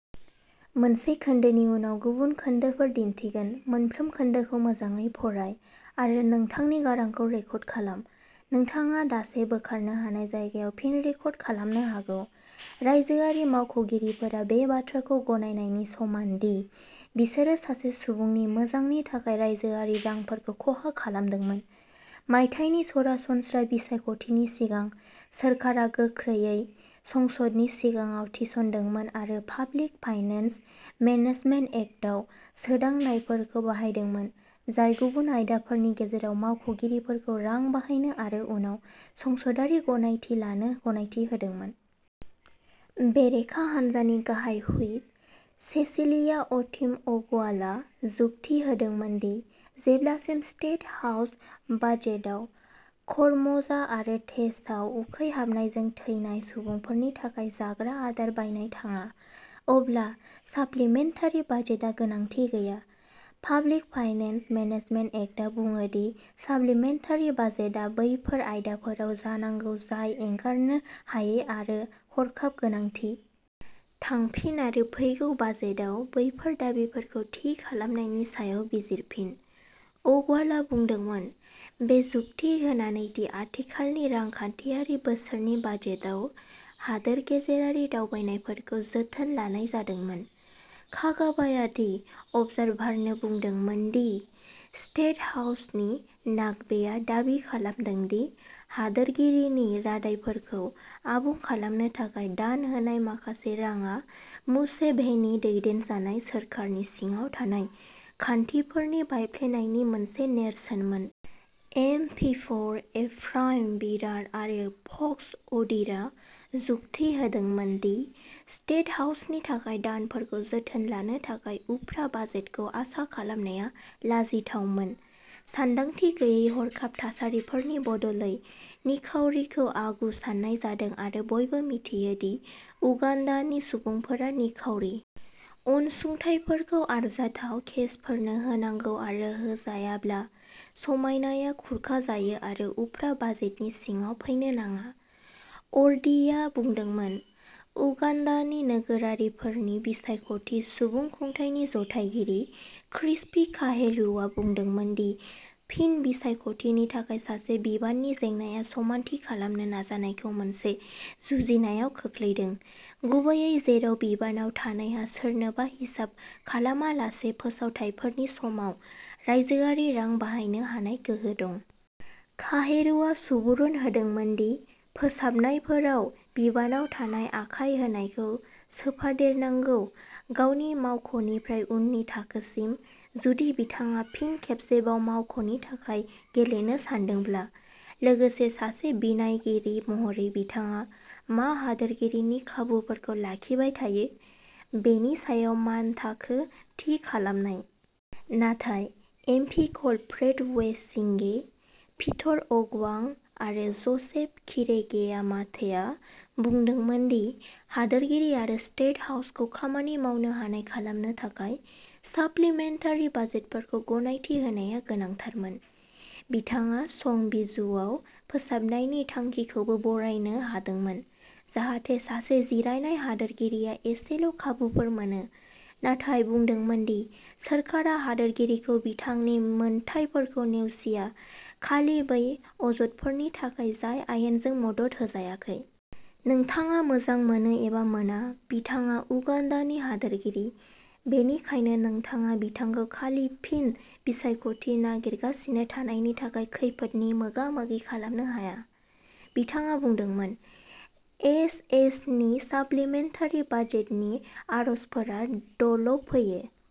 रायजोआरि मावख'गिरिफोरा बे बाथ्राखौ गनायनायनि समान दि बिसोरो सासे सुबुंनि मोजांनि थाखाय रायजोआरि रांफोरखौ खहा खालामदोंमोन। मायथाइनि सरासनस्रा बिसायख'थिनि सिगां, सोरखारा गोख्रैयै संसदनि सिगाङाव थिसन्दोंमोन आरो पाब्लिक फाइनेन्स मेनेजमेन्ट एक्टआव सोदांनायफोरखौ बाहायदोंमोन, जाय गुबुन आयदाफोरनि गेजेराव मावख'गिरिफोरखौ रां बाहायनो आरो उनाव संसदारि गनायथि लानो गनायथि होदोंमोन। बेरेखा हान्जानि गाहाय हुइप, सेसिलिया अटिम अगवालआ जुक्ति होदोंमोन दि जेब्लासिम स्टेट हाउस बाजेटआव करम'जा आरो टेस'आव उखैहाबनायजों थैनाय सुबुंफोरनि थाखाय जाग्रा आदार बायनाय थाङा, अब्ला साप्लिमेन्टारि बाजेटआ गोनांथि गैया। पाब्लिक फाइनेन्स मेनेजमेन्ट एक्टआ बुङो दि साप्लिमेन्टारि बाजेटआ बैफोर आयदाफोराव जानांगौ जाय एंगारनो हायै आरो हरखाब गोनांथि। थांफिन आरो फैगौ बाजेटआव बैफोर दाबिफोरखौ थि खालामनायनि सायाव बिजिरफिन, अगवालआ बुंदोंमोन, बे जुक्ति होनानै दि आथिखालनि रांखान्थियारि बोसोरनि बाजेटआव हादोर गेजेरारि दावबायनायफोरखौ जोथोन लानाय जादोंमोन। कागाबाया दि अबजारभारनो बुंदोंमोन दि स्टेट हाउसनि नाक'बेआ दाबि खालामदों दि हादोरगिरिनि रादायफोरखौ आबुं खालामनो थाखाय दान होनाय माखासे राङा मुसेभेनी दैदेनजानाय सोरखारनि सिङाव थानाय खान्थिफोरनि बायफ्लेनायनि मोनसे नेरसोनमोन। एम पिफोर एफ्राइम बिरार' आरो फक्स अद'ईआ जुक्ति होदोंमोन दि स्टेट हाउसनि थाखाय दानफोरखौ जोथोन लानो थाखाय उफ्रा बाजेटखौ आसा खालामनाया लाजिथावमोन, सानदांथि गैयै हरखाब थासारिफोरनि बदलै। निखावरिखौ आगु सान्नाय जादों आरो बयबो मिथियो दि उगाण्डानि सुबुंफोरा निखावरि। अनसुंथाइफोरखौ आरजाथाव केसफोरनो होनांगौ आरो होजायाब्ला, समायनाया खुरखाजायो आरो उफ्रा बाजेटनि सिङाव फैनो नाङा, अद'ई आ बुंदोंमोन। उगाण्डानि नोगोरारिफोरनि बिसायख'थि सुबुंखुंथायनि जथायगिरि, क्रिस्पी काहेरुआ बुंदोंमोन दि फिन बिसायख'थिनि थाखाय सासे बिबाननि जेंनाया समानथि खालामनो नाजानायखौ मोनसे जुजिनायाव खोख्लैदों, गुबैयै जेराव बिबानाव थानायहा सोरनोबो हिसाब खालामालासे फोसावथायफोरनि समाव रायजोआरि रां बाहायनो हानाय गोहो दं। काहेरुआ सुबुरुन होदोंमोन दि फोसाबनायफोराव बिबानाव थानाय आखाय होनायखौ सोफादेरनांगौ। गावनि मावख'निफ्राय उननि थाखोसिम, जुदि बिथाङा फिन खेबसेबाव मावख'नि थाखाय गेलेनो सानदोंब्ला, लोगोसे सासे बिनायगिरि महरै बिथाङा मा हादोरगिरिनि खाबुफोरखौ लाखिबाय थायो बेनि सायाव मानथाखो थि खालामनाय। नाथाय एम पि क'ल फ्रेड म्वेसिगे, पीटर अगवां आरो जोसेफ किरेगेया माटे आ बुंदोंमोन दि हादोरगिरि आरो स्टेट हाउसखौ खामानि मावनो हानाय खालामनो थाखाय साप्लिमेन्टारि बाजेटफोरखौ गनायथि होनाया गोनांथारमोन। बिथाङा संबिजुवाव फोसाबनायनि थांखिखौबो बरायनो हादोंमोन, जाहाथे सासे जिरायनाय हादोरगिरिया एसेल' खाबुफोर मोनो, नाथाय बुंदोंमोन दि सोरखारा हादोरगिरिखौ बिथांनि मोन्थाइफोरखौ नेवसिया, खालि बै अजदफोरनि थाखाय जाय आयेनजों मदद होजायाखै। नोंथाङा मोजां मोनो एबा मोना, बिथाङा उगान्डानि हादोरगिरि, बेनिखायनो नोंथाङा बिथांखौ खालि फिन बिसायख'थि नागिरगासिनो थानायनि थाखाय खैफोदनि मोगामोगि खालामनो हाया, बिथाङा बुंदोंमोन। एच एसनि साप्लिमेन्टारि बाजेटनि आर'जफोरा द'ल' फैयो।